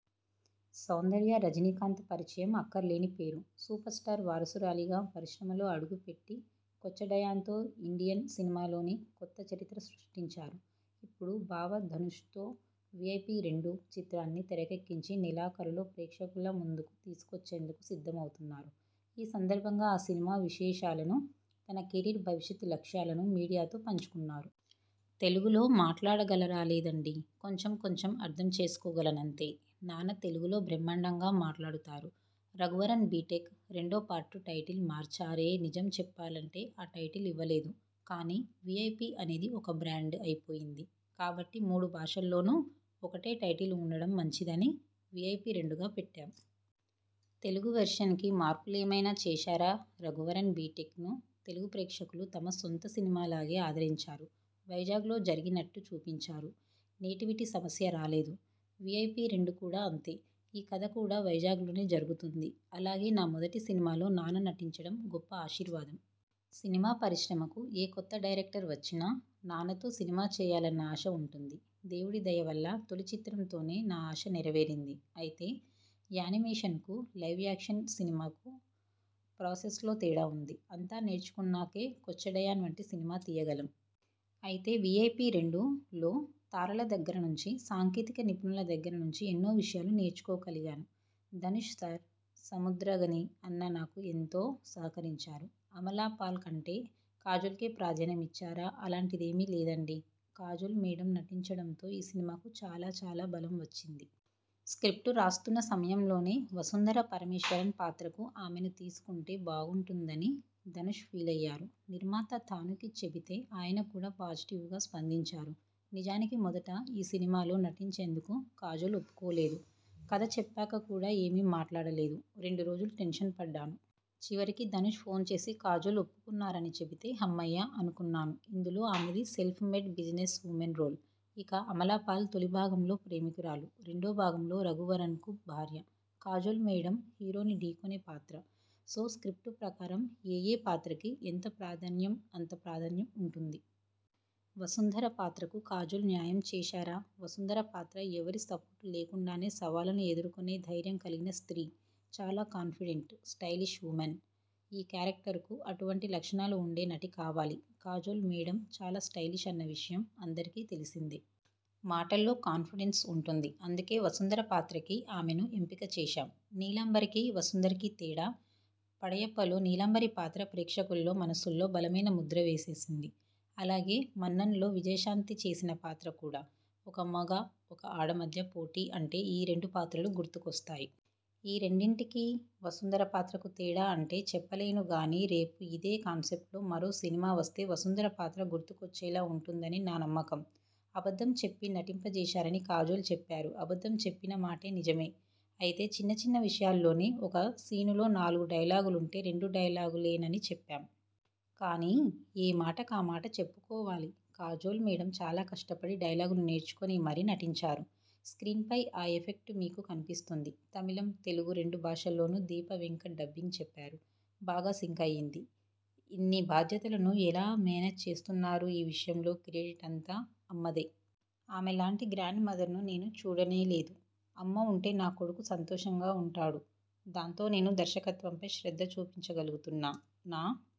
సౌందర్య రజనీకాంత్ పరిచయం అక్కర్లేని పేరు. సూపర స్టార్ వారసురాలిగా పరిశ్రమలో అడుగుపెట్టి 'కోచ్చడయాన్'తో ఇండియన్ సినిమాలోనే కొత్త చరిత్ర సృష్టించారు. ఇప్పుడు బావ ధనుష్తో 'వీఐపీరెండు' చిత్రాన్ని తెరకెక్కించి నెలాఖరులో ప్రేక్షకుల ముందుకు తీసుకొచ్చేందుకు సిద్ధమవుతున్నారు. ఈ సందర్భంగా ఆ సినిమా విశేషాలను, తన కెరీర్ భవిష్యత్ లక్ష్యాలను మీడియాతో పంచుకున్నారు. తెలుగులో మాట్లాడగలరాలేదండి. కొంచెం కొంచెం అర్థం చేసుకోగలనంతే. నాన్న తెలుగులో బ్రహ్మాండంగా మాట్లాడుతారు. 'రఘువరన్ బీటెక్' రెండో పార్టు టైటిల్ మార్చారే నిజం చెప్పాలంటే ఆ టైటిల్ ఇవ్వలేదు. కానీ, 'వీఐపి' అనేది ఒక బ్రాండ్ అయిపోయింది. కాబట్టి మూడు భాషల్లోనూ ఒకటే టైటిల్ ఉండడం మంచిదని 'వీఐపిరెండు'గా పెట్టాం. తెలుగు వెర్షన్ కి మార్పులేమైనా చేశారా'రఘువరన్ బీటెక్'ను తెలుగు ప్రేక్షకులు తమ సొంత సినిమాలాగే ఆదరించారు. వైజాగ్లో జరిగినట్టు చూపించారు. నేటివిటీ సమస్య రాలేదు. 'వీఐపిరెండు' కూడా అంతే. ఈ కథ కూడా వైజాగ్లోనే జరుగుతుంది. అలాగే నా మొదటి సినిమాలో నాన్న నటించడం గొప్ప ఆశీర్వాదం. సినిమా పరిశ్రమకు ఏ కొత్త డైరెక్టర్ వచ్చినా నాన్నతో సినిమా చేయాలన్న ఆశ ఉంటుంది. దేవుడి దయ వల్ల తొలి చిత్రంతోనే నా ఆశ నెర వేరింది. అయితే యానిమేషన్ కు, లైవ్ యాక్షన్ సినిమా కు ప్రాసెస్లో తేడా ఉంది. అంతా నేర్చుకున్నాకే 'కోచ్చడయాన్' వంటి సినిమా తీయగలం. అయితే 'వీఐపిరెండు' లో తారల దగ్గర నుంచి, సాంకేతిక నిపుణుల దగ్గర నుంచి ఎన్నో విషయాలు నేర్చుకోగలిగాను. ధనుష్ సార్, సముద్రగని అన్న నాకు ఎంతో సహకరించారు. అమలాపాల్ కంటే కాజోల్కే ప్రాధాన్యమిచ్చారా అలాంటిదేమి లేదండి. కాజోల్ మేడమ్ నటించడంతో ఈ సినిమాకు చాలా చాలా బలం వచ్చింది. స్ర్కిప్టు రాస్తున్న సమయంలోనే వసుంధర పరమేశ్వరన్ పాత్రకు ఆమెని తీసుకుంటే బాగుంటుందని ధనుష్ ఫీలయ్యారు. నిర్మాత థానుకి చెబితే ఆయన కూడా పాజిటివ్ గా స్పందించారు. నిజానికి మొదట ఈ సినిమాలో నటించేందుకు కాజోల్ ఒప్పుకోలేదు. కథ చెప్పాక కూడా ఏమీ మాట్లాడలేదు. రెండు రోజులు టెన్షన్ పడ్డాను. చివరికి ధనుష్ ఫోన్ చేసి కాజోల్ ఒప్పుకున్నారని చెబితే, హమ్మయ్య అనుకున్నాను. ఇందులో ఆమెది self made business woman role. ఇక అమలాపాల్ తొలి భాగంలో ప్రేమికురాలు. రెండో భాగంలో రఘువరన్కు భార్య. కాజోల్ మేడమ్ హీరోని ఢీకొనే పాత్ర. సో స్ర్కిప్టు ప్రకారం ఏయే పాత్రకి ఎంత ప్రాధాన్యం అంత ప్రాధాన్యం ఉంటుంది. వసుంధర పాత్రకు కాజోల్ న్యాయం చేశారా వసుంధర పాత్ర ఎవరి సపోర్టు లేకుండానే సవాళ్లను ఎదుర్కొనే ధైర్యం కలిగిన స్ర్తీ. చాలా కాన్ఫిడెంట్, స్టైలిష్ వుమన్. ఈ క్యారెక్టర్ కు అటువంటి లక్షణాలు ఉండే నటి కావాలి. కాజోల్ మేడమ్ చాలా స్టైలిష్ అన్న విషయం అందరికీ తెలిసిందే. మాటల్లో కాన్ఫిడెన్స్ ఉంటుంది. అందుకే వసుంధర పాత్రకి ఆమెను ఎంపిక చేశాం. నీలాంబరికి, వసుంధరకి తేడా 'పడయప్ప'లో నీలాంబరి పాత్ర ప్రేక్షకుల్లో మనసుల్లో బలమైన ముద్ర వేసేసింది. అలాగే 'మన్నన్'లో విజయశాంతి చేసిన పాత్ర కూడా. ఒక మగ, ఒక ఆడ మధ్య పోటీ అంటే ఈ రెండు పాత్రలు గుర్తుకొస్తాయి. ఈ రెండింటికీ, వసుంధర పాత్రకు తేడా అంటే చెప్పలేను గానీరేపు ఇదే కాన్సెప్ట్తో మరో సినిమా వస్తే వసుంధర పాత్ర గుర్తుకొచ్చేలా ఉంటుందని నా నమ్మకం. అబద్ధం చెప్పి నటింపజేశారని కాజోల్ చెప్పారు అబద్ధం చెప్పిన మాట నిజమే. అయితే చిన్నచిన్న విషయాల్లోనే. ఒక సీనులో నాలుగు డైలాగులుంటే రెండు డైలాగులేనని చెప్పాం. కానీ, ఏమాట కామాట చెప్పుకోవాలి కాజోల్ మేడమ్ చాలా కష్టపడి డైలాగులు నేర్చుకుని మరీ నటించారు. స్ర్కీన్ పై ఆ ఎఫెక్ట్ మీకు కనిపిస్తుంది. తమిళం, తెలుగు రెండు భాషల్లోనూ దీప వెంకట్ డబ్బింగ్ చెప్పారు. బాగా సింక్ అయ్యింది. ఇన్ని బాధ్యతలను ఎలా మేనేజ్ చేస్తున్నారుఈ విషయంలో క్రెడిట్ అంతా అమ్మదే. ఆమె లాంటి గ్రాండ్ మదర్ను నేను చూడనేలేదు. అమ్మ ఉంటే నా కొడుకు సంతోషంగా ఉంటాడు. దాంతో నేను దర్శకత్వంపై శ్రద్ధ చూపించగలుగుతున్నా. నా